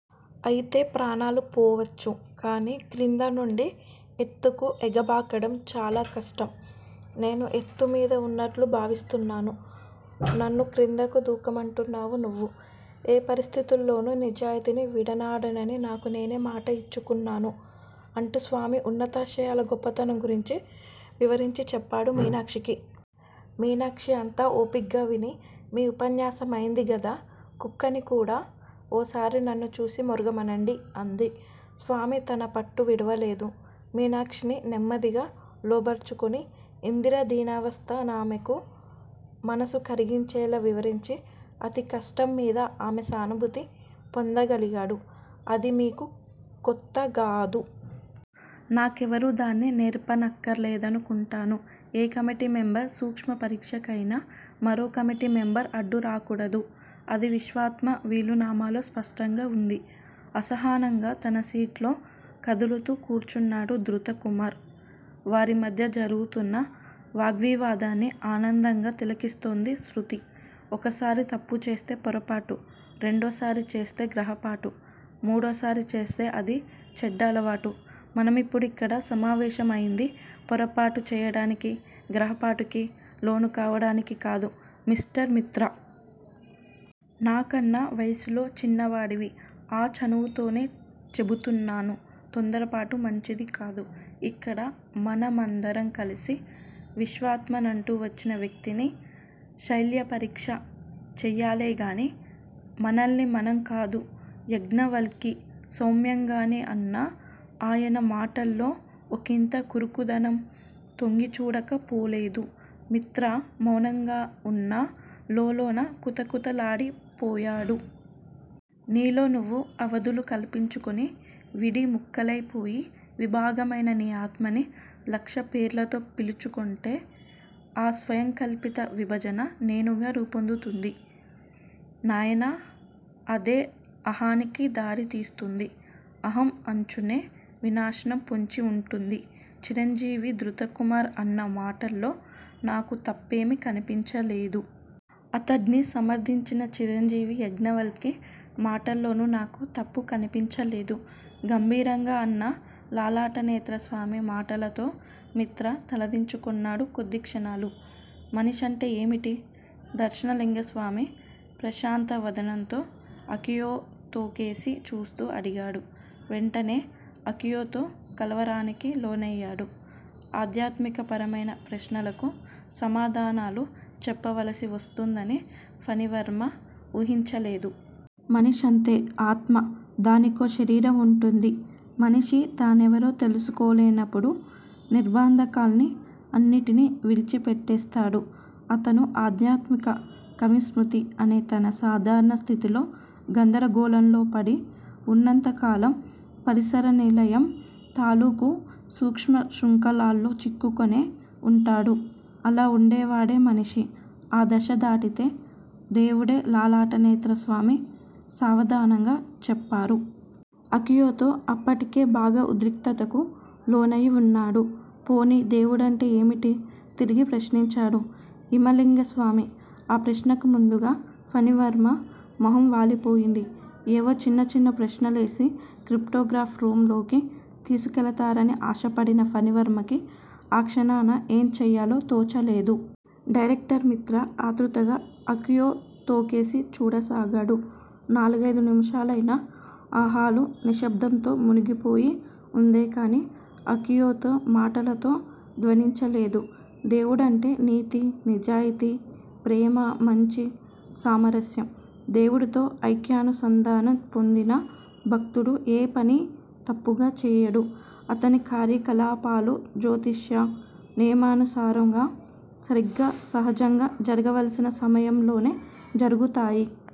అయితే ప్రాణాలు పోవచ్చు. కాని క్రింద నుండి ఎత్తుకు ఎగబాకడం చాలా కష్టం. నేను ఎత్తుమీద ఉన్నట్లు భావిస్తున్నాను. నన్ను క్రిందకు దూకమంటున్నావు నువ్వు. ఏ పరిస్థితుల్లోనూ నిజాయితీని విడనాడనని నాకు నేనే మాట ఇచ్చుకున్నాను అంటూ స్వామి ఉన్నతాశయాల గొప్పతనం గురించి వివరించి చెప్పాడు మీనాక్షికి. మీనాక్షి అంతా ఓపిగ్గా విని- మీ ఉపన్యాసమయింది గదా-కుక్కని కూడా ఓసారి నన్ను చూసి మొరగమనండి అంది. స్వామి తన పట్టు విడువలేదు. మీనాక్షిని నెమ్మదిగా లోబరచుకొని ఇందిర దీనావస్థ నామెకు మనసు కరిగించేలా వివరించి, అతికష్టం మీద ఆమె సానుభూతి పొందగలిగాడు. అది మీకు కొత్తగాదు. నాకెవరూ దాన్ని నేర్పనక్కర్లేదను కుంటాను. ఏ కమిటీ మెంబర్ సూక్ష్మ పరీక్షకయినా మరో కమిటీ మెంబర్ అడ్డు రాకూడదు. అది విశ్వాత్మ వీలునామాలో స్పష్టంగా వుంది అసహనంగా తన సీట్లో కదులుతూ కూర్చున్నాడు ధృతకుమార్. వారిమధ్య జరుగుతున్న వాగ్వివాదాన్ని ఆనందంగా తిలకిస్తోంది శృతి. ఒకసారి తప్పుచేస్తే పొరపాటు- రెండోసారి చేస్తే గ్రహపాటు- మూడోసారి చేస్తే అది చెడ్డ అలవాటు మనమిప్పుడు ఇక్కడ సమావేశమయింది పొరపాటు చేయటానికి, గ్రహపాటుకి లోనుకావటానికి కాదు మిస్టర్ మిత్రా. నాకన్నా వయస్సులో చిన్నవాడివి- ఆ చనువుతోనే చెబుతున్నాను. తొందరపాటు మంచిది కాదు. ఇక్కడ మనమందరం కలిసి విశ్వాత్మనంటూ వచ్చిన వ్యక్తిని శల్యపరీక్ష చేయాలేగాని మనల్ని మనంకాదు యజ్ఞవల్కి సౌమ్యంగానే అన్నా, ఆయన మాటల్లో ఒకింత కరుకుదనం తొంగిచూడక పోలేదు. మిత్రా మౌనంగా వున్నా, లోలోన కుతకుతలాడిపోయాడు. నీలో నువ్వు అవధులు కల్పించుకొని, విడి ముక్కలై పోయి, విభాగమయిన నీ ఆత్మని లక్షపేర్లతో పిలుచుకుంటే ఆ స్వయంకల్పిత విభజన 'నేను'గా రూపొందుతుంది నాయనా అదే అహానికి దారితీస్తుంది. అహం అంచునే వినాశనం పొంచి వుంటుంది. చిరంజీవి ధృతకుమార్ అన్న మాటల్లో నాకు తప్పేమీ కనిపించలేదు. అతడ్ని సమర్ధించిన చిరంజీవి యజ్ఞవల్కి మాటల్లోనూ నాకు తప్పు కనిపించలేదు గంభీరంగా అన్న లలాటనేత్రస్వామి మాటలతో మిత్రా తలదించుకున్నాడు కొద్దిక్షణాలు. మనిషంటే ఏమిటి? దర్శనలింగస్వామి ప్రశాంత వదనంతో అకియోతోకేసి చూస్తూ అడిగాడు. వెంటనే అకియోతో కలవరానికి లోనయ్యాడు- ఆధ్యాత్మికపరమైన ప్రశ్నలకు సమాధానాలు చెప్పవలసి వస్తుందని ఫణివర్మ వూహించలేదు. మనిషంతే ఆత్మ. దానికో శరీరం వుంటుంది. మనిషి తానెవరో తెలుసుకోలేనప్పుడు నిర్భంధకాల్ని అన్నిటినీ విడిచిపెట్టేస్తాడు. అతను ఆధ్యాత్మిక కవిస్మృతి అనే తన సాధారణ స్థితిలో గందరగోళంలో పడి వున్నంత కాలం పరిసర నిలయం తాలూకు సూక్ష్మ శృంఖలాల్లో చిక్కుకొనే వుంటాడు. అలా వుండేవాడే మనిషి- ఆ దశ దాటితే దేవుడే లలాటనేత్రస్వామి సావధానంగా చెప్పారు. అకియోతో అప్పటికే బాగా ఉద్రిక్తతకు లోనయి వున్నాడు. పోనీ దేవుడంటే ఏమిటి? తిరిగి ప్రశ్నించాడు హిమలింగస్వామి. ఆ ప్రశ్నకు ముందుగా ఫణివర్మ మొహం వాలిపోయింది. ఏవో చిన్న చిన్న ప్రశ్నలేసి, క్రిప్టోగ్రాఫ్ రూమ్ లోకి తీసుకెళతారని ఆశపడిన ఫణివర్మకి ఆ క్షణాన ఏం చేయాలో తోచలేదు. డైరెక్టర్ మిత్రా ఆత్రుతగా అకియోతోకేసి చూడసాగాడు. నాలుగైదు నిమిషాలయినా ఆ హాలు నిశ్శబ్దంతో మునిగిపోయి వుందేకాని, అకియోతో మాటలతో ధ్వనించలేదు. దేవుడంటే నీతి-నిజాయితీ-ప్రేమ-మంచి-సామరస్యం. దేవుడితో ఐక్యానుసంధానం పొందిన భక్తుడు ఏ పనీ తప్పుగా చేయడు. అతని కార్యకలాపాలు జ్యోతిష నియమానుసారంగా, సరిగ్గా, సహజంగా జరగవలసిన సమయంలోనే జరుగుతాయి.